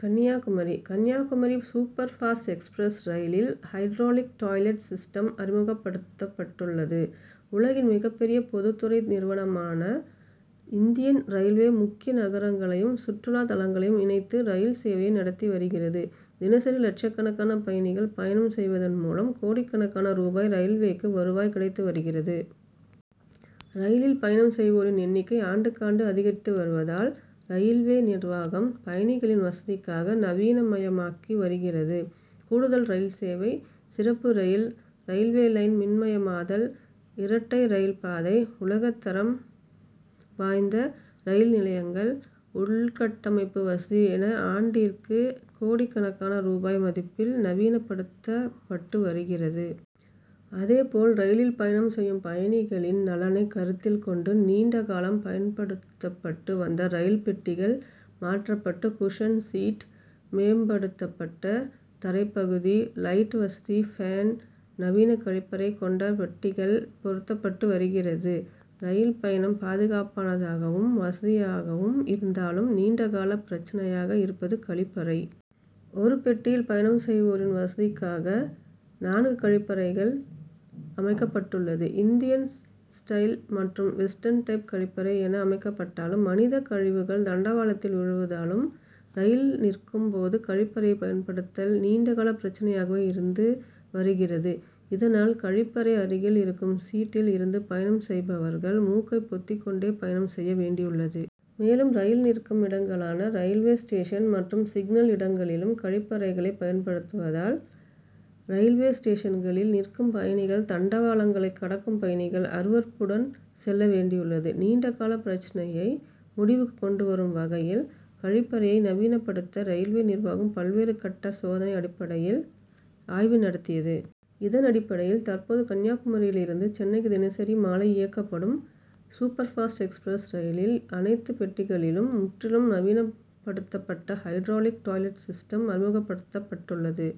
Kanyakumari Kanyakumari super fast express ரயிலில் hydraulic toilet system அறிமுகப்படுத்தப் பட்டுள்ளது. உலகின் மிகப்பெரிய பொதுதுறை நிறுவனமான இந்தியன் ரயில்வே முக்கிய நகரங்களையும் சுற்றுலா தலங்களையும் இணைத்து ரயில் சேவையை நடத்தி வருகிறது. தினசரி லட்சக்கணக்கான பயணிகள் பயணம் செய்வதன் மூலம் கோடிக்கணக்கான ரூபாய் ரயில்வேக்கு வருவாய் கிடைத்து வருகிறது. ரயிலில் பயணம் செய்வோரின் எண்ணிக்கை ஆண்டுக்காண்டு அதிகரித்து வருவதால், ரயில்வே நிர்வாகம் பயணிகளின் வசதிக்காக நவீனமயமாக்கி வருகிறது. கூடுதல் ரயில்சேவை, சிறப்பு ரயில், ரயில்வே லைன் மின்மயமாதல், இரட்டை ரயில்பாதை, உலகதரம் வாய்ந்த ரயில் நிலையங்கள், உள்கட்டமைப்பு வசதி என ஆண்டிற்கு கோடிக்கணக்கான ரூபாய் மதிப்பில் நவீனபடுத்தப்பட்டு வருகிறது. அதேபோல் ரயிலில் பயணம் செய்யும் பயணிகளின் நலனை கருத்தில் கொண்டு நீண்டகாலம் பயன்படுத்தப்பட்டு வந்த ரயில் பெட்டிகள் மாற்றப்பட்டு குஷன் சீட், மேம்படுத்தப்பட்ட தரைபகுதி, லைட் வசதி, பேன், நவீன கழிப்பறை கொண்ட பெட்டிகள் பொருத்தப்பட்டு வருகிறது. ரயில் பயணம் பாதுகாப்பானதாகவும், வசதியாகவும் இருந்தாலும், நீண்டகால பிரச்னையாக இருப்பது கழிப்பறை. ஒரு பெட்டியில் பயணம் செய்வோரின் வசதிக்காக நான்கு கழிப்பறைகள் அமைக்கப்பட்டுள்ளது. இந்தியன் ஸ்டைல் மற்றும் வெஸ்டன் டைப் கழிப்பறை என அமைக்கப்பட்டாலும், மனித கழிவுகள் தண்டவாளத்தில் விழுவதாலும் ரயில் நிற்கும்போது கழிப்பறையை பயன்படுத்தல் நீண்டகால பிரச்னையாகவே இருந்து வருகிறது. இதனால் கழிப்பறை அருகில் இருக்கும் சீட்டில் இருந்து பயணம் செய்பவர்கள் மூக்கை பொத்திக்கொண்டே பயணம் செய்ய வேண்டியுள்ளது. மேலும் ரயில் நிற்கும் இடங்களான ரயில்வே ஸ்டேஷன் மற்றும் சிக்னல் இடங்களிலும் கழிப்பறைகளை பயன்படுத்துவதால், ரயில்வே ஸ்டேஷன்களில் நிற்கும் பயணிகள் தண்டவாளங்களை கடக்கும் பயணிகள் அருவருப்புடன் செல்ல வேண்டியுள்ளது. நீண்டகால பிரச்னையை முடிவுக்கு கொண்டுவரும் வகையில் கழிப்பறையை நவீனபடுத்த ரயில்வே நிர்வாகம் பல்வேறு கட்ட சோதனை அடிப்படையில் ஆய்வு நடத்தியது. இதனடிப்படையில் தற்போது கன்னியாகுமரியிலிருந்து சென்னைக்கு தினசரி மாலை இயக்கப்படும் சூப்பர் பாஸ்ட் எக்ஸ்பிரஸ் ரயிலில் அனைத்து பெட்டிகளிலும் முற்றிலும் நவீனபடுத்தப்பட்ட ஹைட்ராலிக் டாய்லெட் சிஸ்டம் அறிமுகப்படுத்தப் பட்டுள்ளது.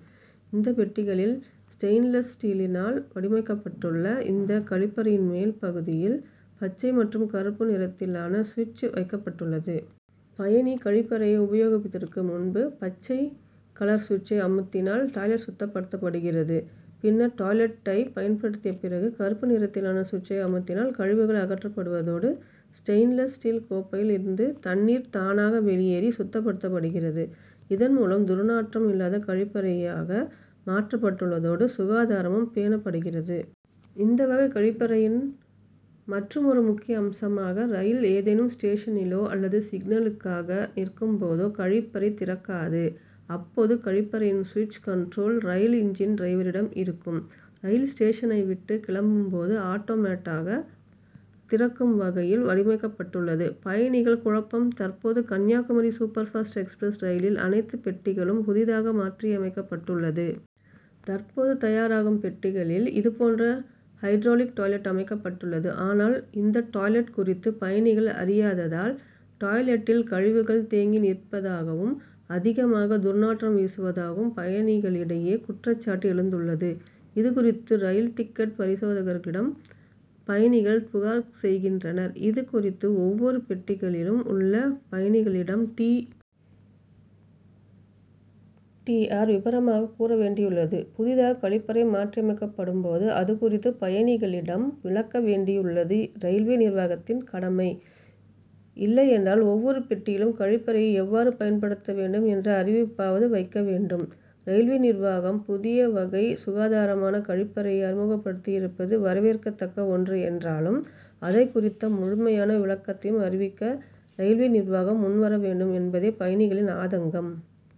இந்த பெட்டிகளில் ஸ்டெயின்லெஸ் ஸ்டீலினால் வடிவமைக்கப்பட்டுள்ள இந்த கழிப்பறையின் மேல் பகுதியில் பச்சை மற்றும் கறுப்பு நிறத்திலான சுவிட்ச் வைக்கப்பட்டுள்ளது. பயணி கழிப்பறையை உபயோகிப்பதற்கு முன்பு பச்சை கலர் சுவிட்சை அமுத்தினால் டாய்லெட் சுத்தப்படுத்தப்படுகிறது. பின்னர் டாய்லெட்டை பயன்படுத்திய பிறகு கறுப்பு நிறத்திலான சுவிட்சை அமுத்தினால் கழிவுகள் அகற்றப்படுவதோடு, ஸ்டெயின்லெஸ் ஸ்டீல் கோப்பையில் இருந்து தண்ணீர் தானாக வெளியேறி சுத்தப்படுத்தப்படுகிறது. இதன்மூலம் துர்நாற்றம் இல்லாத கழிப்பறையாக மாற்றப்பட்டுள்ளதோடு, சுகாதாரமும் பேணப்படுகிறது. இந்த வகை கழிப்பறையின் மற்றுமொரு முக்கிய அம்சமாக ரயில் ஏதேனும் ஸ்டேஷனிலோ அல்லது சிக்னலுக்காக நிற்கும்போதோ, கழிப்பறை திறக்காது. அப்போது கழிப்பறையின் சுவிட்ச் கண்ட்ரோல் ரயில் இன்ஜின் டிரைவரிடம் இருக்கும். ரயில் ஸ்டேஷனைவிட்டு கிளம்பும்போது ஆட்டோமேட்டாக திறக்கும் வகையில் வடிவமைக்கப்பட்டுள்ளது. பயணிகள் குழப்பம் தற்போது கன்னியாகுமரி சூப்பர் பாஸ்ட் எக்ஸ்பிரஸ் ரயிலில் அனைத்து பெட்டிகளும் புதிதாக மாற்றியமைக்கப்பட்டுள்ளது. தற்போது தயாராகும் பெட்டிகளில் இதுபோன்ற ஹைட்ராலிக் டாய்லெட் அமைக்கப்பட்டுள்ளது. ஆனால் இந்த டாய்லெட் குறித்து பயணிகள் அறியாததால் டாய்லெட்டில் கழிவுகள் தேங்கி நிற்பதாகவும், அதிகமாக துர்நாற்றம் வீசுவதாகவும் பயணிகளிடையே குற்றசாட்டு எழுந்துள்ளது. இதுகுறித்து ரயில் டிக்கெட் பரிசோதகர்களிடம் பயணிகள் புகார் செய்கின்றனர். இது குறித்து ஒவ்வொரு பெட்டிகளிலும் உள்ள பயணிகளிடம் டி. டி. ஆர். விபரமாக கூறவேண்டியுள்ளது. புதிதாக கழிப்பறை மாற்றியமைக்கப்படும்போது அது குறித்து பயணிகளிடம் விளக்க வேண்டியுள்ளது ரயில்வே நிர்வாகத்தின் கடமை. இல்லையென்றால் ஒவ்வொரு பெட்டியிலும் கழிப்பறையை எவ்வாறு பயன்படுத்தவேண்டும் என்ற அறிவிப்பாவது வைக்கப்பட வேண்டும். ரயில்வே நிர்வாகம் புதியவகை சுகாதாரமான கழிப்பறையை அறிமுகப்படுத்தியிருப்பது வரவேற்கதக்க ஒன்று என்றாலும் அது குறித்த முழுமையான விளக்கத்தையும் அறிவிக்க ரயில்வே நிர்வாகம் முன்வரவேண்டும் என்பதே பயணிகளின் ஆதங்கம்.